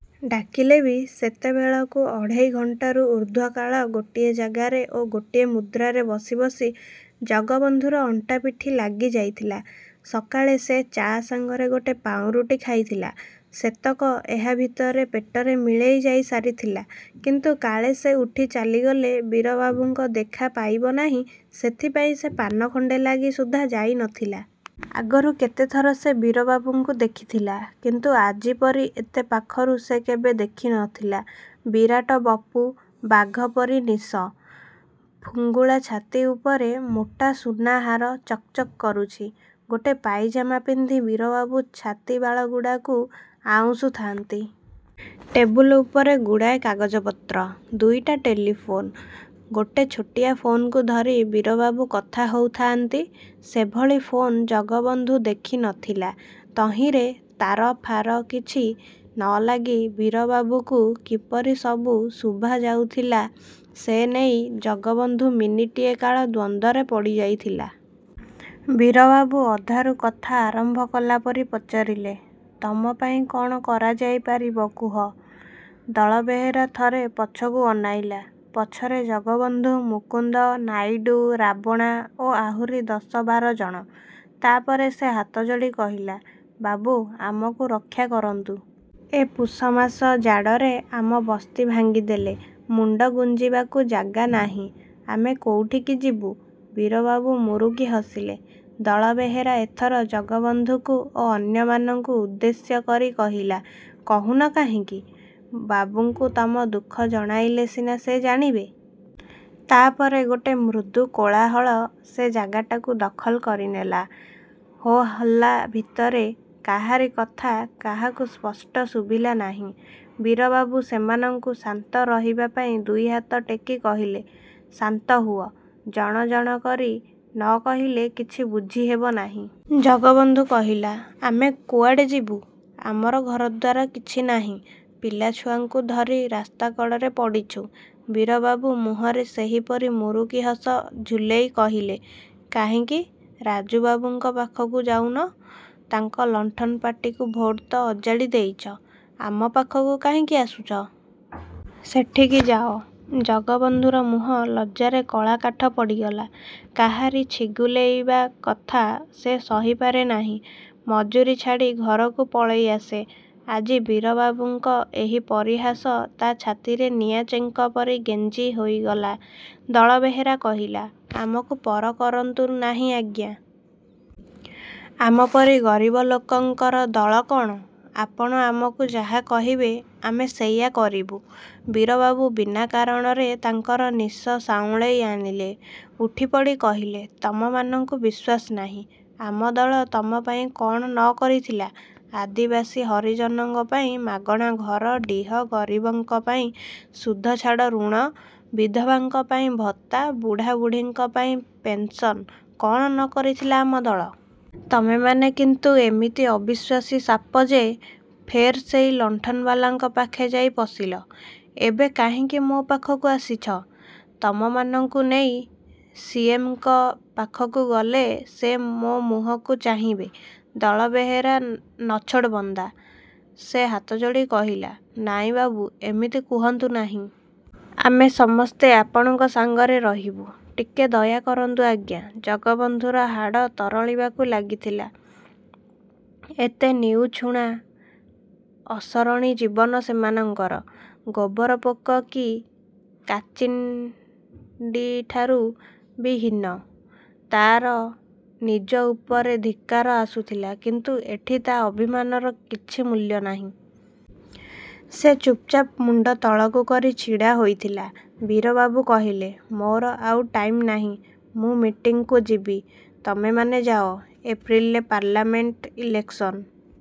ଡାକିଲେ ବି, ସେତେବେଳକୁ ଅଢ଼େଇ ଘଣ୍ଟାରୁ ଊର୍ଦ୍ଧ୍ୱ କାଳ ଗୋଟିଏ ଜାଗାରେ ଓ ଗୋଟିଏ ମୁଦ୍ରାରେ ବସି ବସି ଜଗବନ୍ଧୁର ଅଣ୍ଟାପିଠି ଲାଗିଯାଇଥିଲା। ସକାଳେ ସେ ଚା' ସାଙ୍ଗରେ ଗୋଟେ ପାଉଁରୁଟି ଖାଇଥିଲା। ସେତକ ଏହା ଭିତରେ ପେଟରେ ମିଳେଇ ଯାଇସାରିଥିଲା। କିନ୍ତୁ କାଳେ ସେ ଉଠି ଚାଲିଗଲେ ବୀରବାବୁଙ୍କ ଦେଖା ପାଇବ ନାହିଁ, ସେଥିପାଇଁ ସେ ପାନ ଖଣ୍ଡେ ଲାଗି ସୁଦ୍ଧା ଯାଇ ନଥିଲା। ଆଗରୁ କେତେଥର ସେ ବୀରବାବୁଙ୍କୁ ଦେଖିଥିଲା। କିନ୍ତୁ ଆଜି ପରି ଏତେ ପାଖରୁ ସେ କେବେ ଦେଖି ନଥିଲା। ବିରାଟ ବପୁ, ବାଘ ପରି ନିଶ। ଫୁଙ୍ଗୁଳା ଛାତି ଉପରେ ମୋଟା ସୁନାହାର ଚକ୍ ଚକ୍ କରୁଛି। ଗୋଟେ ପାଇଜାମା ପିନ୍ଧି ବୀରବାବୁ ଛାତିବାଳଗୁଡ଼ାକୁ ଆଉଁଶୁଥାନ୍ତି। ଟେବୁଲ ଉପରେ ଗୁଡ଼ାଏ କାଗଜପତ୍ର। ଦୁଇଟା ଟେଲିଫୋନ୍। ଗୋଟେ ଛୋଟିଆ ଫୋନ୍‌କୁ ଧରି ବୀରବାବୁ କଥା ହଉଥାଆନ୍ତି। ସେଭଳି ଫୋନ୍ ଜଗବନ୍ଧୁ ଦେଖି ନ ଥିଲା। ତହିଁରେ ତାର ଫାର କିଛି ନଲାଗି ବୀରବାବୁକୁ କିପରି ସବୁ ଶୁଭାଯାଉଥିଲା, ସେ ନେଇ ଜଗବନ୍ଧୁ ମିନିଟିଏ କାଳ ଦ୍ୱନ୍ଦ୍ୱରେ ପଡ଼ିଯାଇଥିଲା। ବୀରବାବୁ ଅଧାରୁ କଥା ଆରମ୍ଭ କଲା ପରି ପଚାରିଲେ, "ତମ ପାଇଁ କଣ କରାଯାଇପାରିବ କୁହ?" ଦଳବେହେରା ଥରେ ପଛକୁ ଅନାଇଲା। ପଛରେ ଜଗବନ୍ଧୁ, ମୁକୁନ୍ଦ, ନାଇଡୁ, ରାବଣା ଓ ଆହୁରି ଦଶ ବାର ଜଣ। ତାପରେ ସେ ହାତଯୋଡ଼ି କହିଲା, "ବାବୁ, ଆମକୁ ରକ୍ଷା କରନ୍ତୁ। ଏ ପୁଷମାସ ଜାଡ଼ରେ ଆମ ବସ୍ତି ଭାଙ୍ଗିଦେଲେ। ମୁଣ୍ଡ ଗୁଂଜିବାକୁ ଜାଗା ନାହିଁ। ଆମେ କୋଉଠିକୁ ଯିବୁ?" ବୀରବାବୁ ମୁରୁକି ହସିଲେ। ଦଳବେହେରା ଏଥର ଜଗବନ୍ଧୁକୁ ଓ ଅନ୍ୟମାନଙ୍କୁ ଉଦ୍ଦେଶ୍ୟ କରି କହିଲା, "କହୁନ କାହିଁକି? ବାବୁଙ୍କୁ ତମ ଦୁଃଖ ଜଣାଇଲେ ସିନା ସେ ଜାଣିବେ।" ତାପରେ ଗୋଟେ ମୃଦୁ କୋଳାହଳ ସେ ଜାଗାଟାକୁ ଦଖଲ କରି ନେଲା। ହୋ ହଲ୍ଲା ଭିତରେ କାହାରି କଥା କାହାକୁ ସ୍ପଷ୍ଟ ଶୁଭିଲା ନାହିଁ। ବୀରବାବୁ ସେମାନଙ୍କୁ ଶାନ୍ତ ରହିବା ପାଇଁ ଦୁଇହାତ ଟେକି କହିଲେ, "ଶାନ୍ତ ହୁଅ। ଜଣ ଜଣ କରି ନ କହିଲେ କିଛି ବୁଝିହେବ ନାହିଁ।" ଜଗବନ୍ଧୁ କହିଲା, "ଆମେ କୁଆଡ଼େ ଯିବୁ? ଆମର ଘରଦ୍ୱାର କିଛି ନାହିଁ। ପିଲାଛୁଆଙ୍କୁ ଧରି ରାସ୍ତାକଡ଼ରେ ପଡ଼ିଛୁ।" ବୀରବାବୁ ମୁହଁରେ ସେହିପରି ମୁରୁକି ହସ ଝୁଲେଇ କହିଲେ, "କାହିଁକି ରାଜୁବାବୁଙ୍କ ପାଖକୁ ଯାଉନ? ତାଙ୍କ ଲଣ୍ଠନ ପାର୍ଟିକୁ ଭୋଟ୍ ତ ଅଜାଡ଼ି ଦେଇଛ, ଆମ ପାଖକୁ କାହିଁକି ଆସୁଛ? ସେଠିକି ଯାଅ।" ଜଗବନ୍ଧୁର ମୁହଁ ଲଜ୍ଜାରେ କଳାକାଠ ପଡ଼ିଗଲା। କାହାରି ଛିଗୁଲେଇବା କଥା ସେ ସହିପାରେ ନାହିଁ, ମଜୁରି ଛାଡ଼ି ଘରକୁ ପଳେଇ ଆସେ। ଆଜି ବୀରବାବୁଙ୍କ ଏହି ପରିହାସ ତା ଛାତିରେ ନିଆଁଚେଙ୍କ ପରି ଗେଂଜି ହୋଇଗଲା। ଦଳବେହେରା କହିଲା, "ଆମକୁ ପର କରନ୍ତୁ ନାହିଁ, ଆଜ୍ଞା। ଆମ ପରି ଗରିବ ଲୋକଙ୍କର ଦଳ କଣ? ଆପଣ ଆମକୁ ଯାହା କହିବେ, ଆମେ ସେଇଆ କରିବୁ।" ବୀରବାବୁ ବିନା କାରଣରେ ତାଙ୍କର ନିଶ ସାଉଁଳେଇ ଆଣିଲେ। ଉଠିପଡ଼ି କହିଲେ, "ତମମାନଙ୍କୁ ବିଶ୍ୱାସ ନାହିଁ। ଆମ ଦଳ ତମ ପାଇଁ କଣ ନ କରିଥିଲା! ଆଦିବାସୀ ହରିଜନଙ୍କ ପାଇଁ ମାଗଣା ଘର ଡିହ, ଗରିବଙ୍କ ପାଇଁ ସୁଧଛାଡ଼ ଋଣ, ବିଧବାଙ୍କ ପାଇଁ ଭତ୍ତା, ବୁଢ଼ାବୁଢ଼ୀଙ୍କ ପାଇଁ ପେନ୍ସନ୍ କଣ ନ କରିଥିଲା ଆମ ଦଳ? ତମେମାନେ କିନ୍ତୁ ଏମିତି ଅବିଶ୍ୱାସୀ ସାପ ଯେ, ଫେର୍ ସେଇ ଲଣ୍ଠନବାଲାଙ୍କ ପାଖେ ଯାଇ ପଶିଲ। ଏବେ କାହିଁକି ମୋ ପାଖକୁ ଆସିଛ? ତମମାନଙ୍କୁ ନେଇ ସିଏମ୍‌ଙ୍କ ପାଖକୁ ଗଲେ ସେ ମୋ ମୁହଁକୁ ଚାହିଁବେ?" ଦଳବେହେରା ନଛୋଡ଼ାବନ୍ଦା। ସେ ହାତଯୋଡ଼ି କହିଲା, "ନାଇଁ ବାବୁ, ଏମିତି କୁହନ୍ତୁ ନାହିଁ। ଆମେ ସମସ୍ତେ ଆପଣଙ୍କ ସାଙ୍ଗରେ ରହିବୁ। ଟିକେ ଦୟା କରନ୍ତୁ ଆଜ୍ଞା।" ଜଗବନ୍ଧୁର ହାଡ଼ ତରଳିବାକୁ ଲାଗିଥିଲା। ଏତେ ନିଉଛୁଣା, ଅସରଣି ଜୀବନ ସେମାନଙ୍କର! ଗୋବର ପୋକ କି କାଚିଣ୍ଡିଠାରୁ ବି ହୀନ। ତାର ନିଜ ଉପରେ ଧିକ୍କାର ଆସୁଥିଲା। କିନ୍ତୁ ଏଠି ତା ଅଭିମାନର କିଛି ମୂଲ୍ୟ ନାହିଁ। ସେ ଚୁପ୍‌ଚାପ୍ ମୁଣ୍ଡ ତଳକୁ କରି ଛିଡ଼ା ହୋଇଥିଲା। ବୀରବାବୁ କହିଲେ, "ମୋର ଆଉ ଟାଇମ୍ ନାହିଁ। ମୁଁ ମିଟିଂକୁ ଯିବି। ତମେମାନେ ଯାଅ। ଏପ୍ରିଲରେ ପାର୍ଲାମେଣ୍ଟ ଇଲେକ୍ସନ୍।"